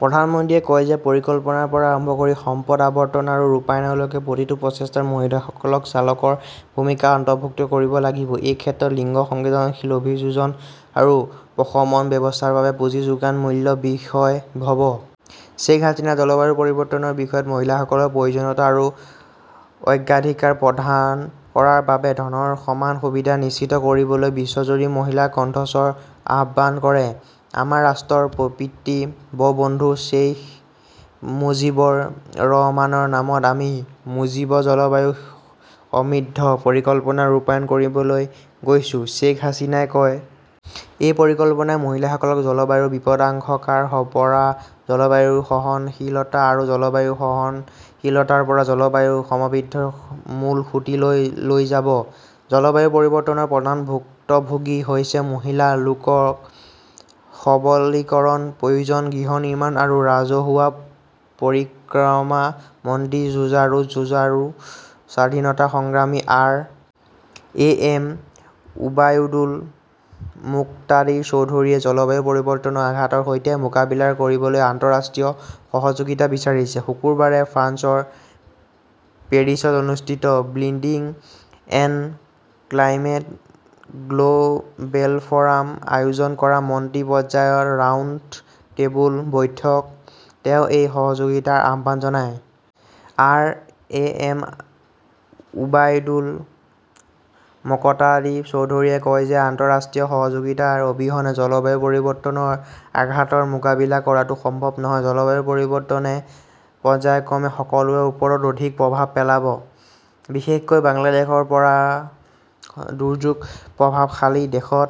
প্ৰধানমন্ত্ৰীয়ে কয় যে পৰিকল্পনাৰ পৰা আৰম্ভ কৰি সম্পদ আবণ্টন আৰু ৰূপায়ণলৈকে প্ৰতিটো প্ৰচেষ্টাত মহিলাসকলক চালকৰ ভূমিকাত অন্তৰ্ভুক্ত কৰিব লাগিব। এই ক্ষেত্ৰত লিংগ সংবেদনশীল অভিযোজন আৰু প্ৰশমন ব্যৱস্থাৰ বাবে পুঁজি যোগান মূল বিষয় হ'ব। শ্বেখ হাছিনাই জলবায়ু পৰিৱৰ্তনৰ বিষয়ত' মহিলাসকলৰ প্ৰয়োজনীয়তা আৰু অগ্ৰাধিকাৰ প্ৰদান কৰাৰ বাবে ধনৰ সমান সুবিধা নিশ্চিত কৰিবলৈ বিশ্বজুৰি মহিলাৰ কণ্ঠস্বৰ আহ্বান কৰে ।আমাৰ ৰাষ্ট্ৰৰ পিতৃ বঙ্গবন্ধু শ্বেইখ মুজীবুৰ ৰহমানৰ নামত আমি 'মুজীব জলবায়ু সমৃদ্ধি পৰিকল্পনাৰ ৰূপায়ণ কৰিবলৈ গৈছো, শ্বেখ হাছিনাই কয়। এই পৰিকল্পনাই মহিলাসকলক জলবায়ু বিপদাশংকাৰ পৰা জলবায়ু সহনশীলতা আৰু জলবায়ু সহনশীলতাৰ পৰা জলবায়ু সমৃদ্ধিৰ মূলসুঁতিলৈ লৈ যাব। জলবায়ু পৰিৱৰ্তনৰ প্ৰধান ভুক্তভোগী হৈছে মহিলা, তেওঁলোকক সবলীকৰণৰ প্ৰয়োজন গৃহ নিৰ্মাণ আৰু ৰাজহুৱা পৰিক্ৰমা মন্ত্ৰী যুঁজাৰু যুঁজাৰু স্বাধীনতা সংগ্ৰামী R. A. M. Ubaidul Moktadir চৌধুৰীয়ে জলবায়ু পৰিৱৰ্তনৰ আঘাতৰ সৈতে মোকাবিলা কৰিবলৈ আন্তঃৰাষ্ট্ৰীয় সহযোগিতা বিচাৰিছে। শুকুৰবাৰে ফ্ৰান্সৰ পেৰিছত অনুষ্ঠিত বিল্ডিংছ এণ্ড ক্লাইমেট গ্ল'বেলফৰাম- আয়োজন কৰা মন্ত্ৰী পৰ্যায়ৰ ৰাউণ্ড টেবুল বৈঠকত তেওঁ এই সহযোগিতাৰ আহ্বান জনায়। R. A. M. Ubaidul Moktadir চৌধুৰীয়ে কয় যে আন্তঃৰাষ্ট্ৰীয় সহযোগিতা অবিহনে জলবায়ু পৰিৱৰ্তনৰ আঘাতৰ মোকাবিলা কৰাটো সম্ভৱ নহয়। জলবায়ু পৰিৱৰ্তনে পৰ্য্যায়ক্ৰমে সকলোৰে ওপৰত অধিক প্ৰভাৱ পেলাব, বিশেষকৈ বাংলাদেশৰ দৰে দুৰ্যোগ প্ৰভাৱশালী দেশত।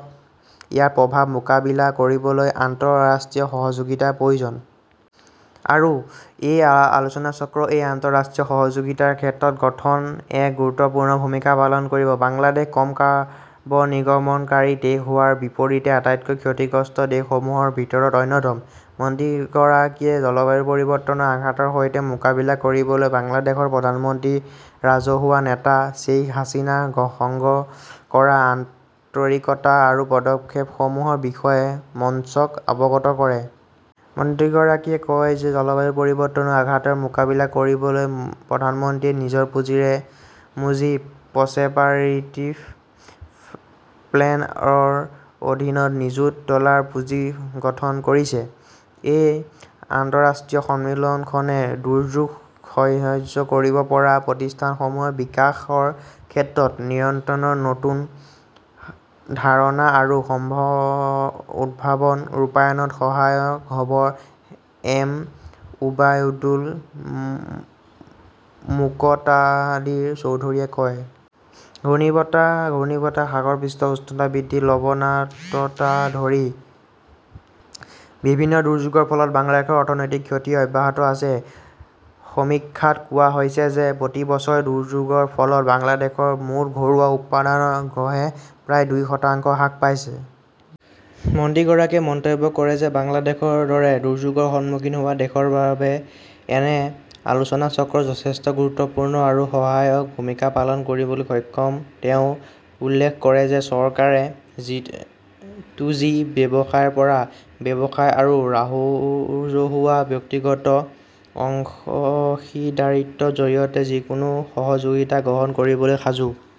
ইয়াৰ প্ৰভাৱ মোকাবিলা কৰিবলৈ আন্তঃৰাষ্ট্ৰীয় সহযোগিতাৰ প্ৰয়োজন। আৰু এই আলোচনাচক্ৰই এই আন্তঃৰাষ্ট্ৰীয় সহযোগিতাৰ ক্ষেত্ৰ গঠনত এক গুৰুত্বপূৰ্ণ ভূমিকা পালন কৰিব। বাংলাদেশ কম কাৰ্বন নিৰ্গমনকাৰী দেশ হোৱাৰ বিপৰীতে আটাইতকৈ ক্ষতিগ্ৰস্ত দেশসমূহৰ ভিতৰত অন্যতম। মন্ত্ৰীগৰাকীয়ে জলবায়ু পৰিৱৰ্তনৰ আঘাতৰ সৈতে মোকাবিলা কৰিবলৈ বাংলাদেশৰ প্ৰধানমন্ত্ৰী ৰাজহুৱা নেতা শ্বেইখ হাছিনাই গ্ৰহণ কৰা আন্তৰিকতা আৰু পদক্ষেপসমূহৰ বিষয়ে মঞ্চক অৱগত কৰে। মন্ত্ৰীগৰাকীয়ে কয় যে জলবায়ু পৰিৱৰ্তনৰ আঘাতৰ মোকাবিলা কৰিবলৈ প্ৰধানমন্ত্ৰীয়ে নিজৰ পুঁজিৰে মুজীব প্ৰচেপাৰেটিভ প্লেন ৰ অধীনত নিযুত ডলাৰৰ পুঁজি গঠন কৰিছে। এই আন্তঃৰাষ্ট্ৰীয় সন্মিলনখনে দুৰ্যোগ সহ্য কৰিব পৰা প্ৰতিষ্ঠানসমূহৰ বিকাশৰ ক্ষেত্ৰত নিৰন্তৰ নতুন ধাৰণা আৰু উদ্ভাৱন ৰূপায়ণত সহায়ক হ'বৰ এম উবায়দুল মোকতাডিৰ চৌধুৰীয়ে কয়। ঘূৰ্ণীবতাহ, ঘূৰ্ণীবতাহ, সাগৰ পৃষ্ঠৰ উচ্চতা বৃদ্ধি, লবণাক্ততাকে ধৰি বিভিন্ন দুৰ্যোগৰ ফলত বাংলাদেশৰ অৰ্থনৈতিক ক্ষতি অব্যাহত আছে। সমীক্ষাত কোৱা হৈছে যে প্ৰতি বছৰে দুৰ্যোগৰ ফলত বাংলাদেশৰ মুঠ ঘৰুৱা উৎপাদন গড়ে প্ৰায় দুই শতাংশ হ্ৰাস পায়। মন্ত্ৰীগৰাকীয়ে মন্তব্য কৰে যে বাংলাদেশৰ দৰে দুৰ্যোগৰ সন্মুখীন হোৱা দেশৰ বাবে এনে আলোচনাচক্ৰ যথেষ্ট গুৰুত্বপূৰ্ণ আৰু সহায়ক ভূমিকা পালন কৰিবলৈ সক্ষম। তেওঁ উল্লেখ কৰে যে চৰকাৰে জিটুজি, ব্যৱসায়ৰ পৰা ব্যৱসায় আৰু ৰাজহুৱা ব্যক্তিগত অংশীদাৰিত্বৰ জৰিয়তে যিকোনো সহযোগিতা গ্ৰহণ কৰিবলৈ সাজু।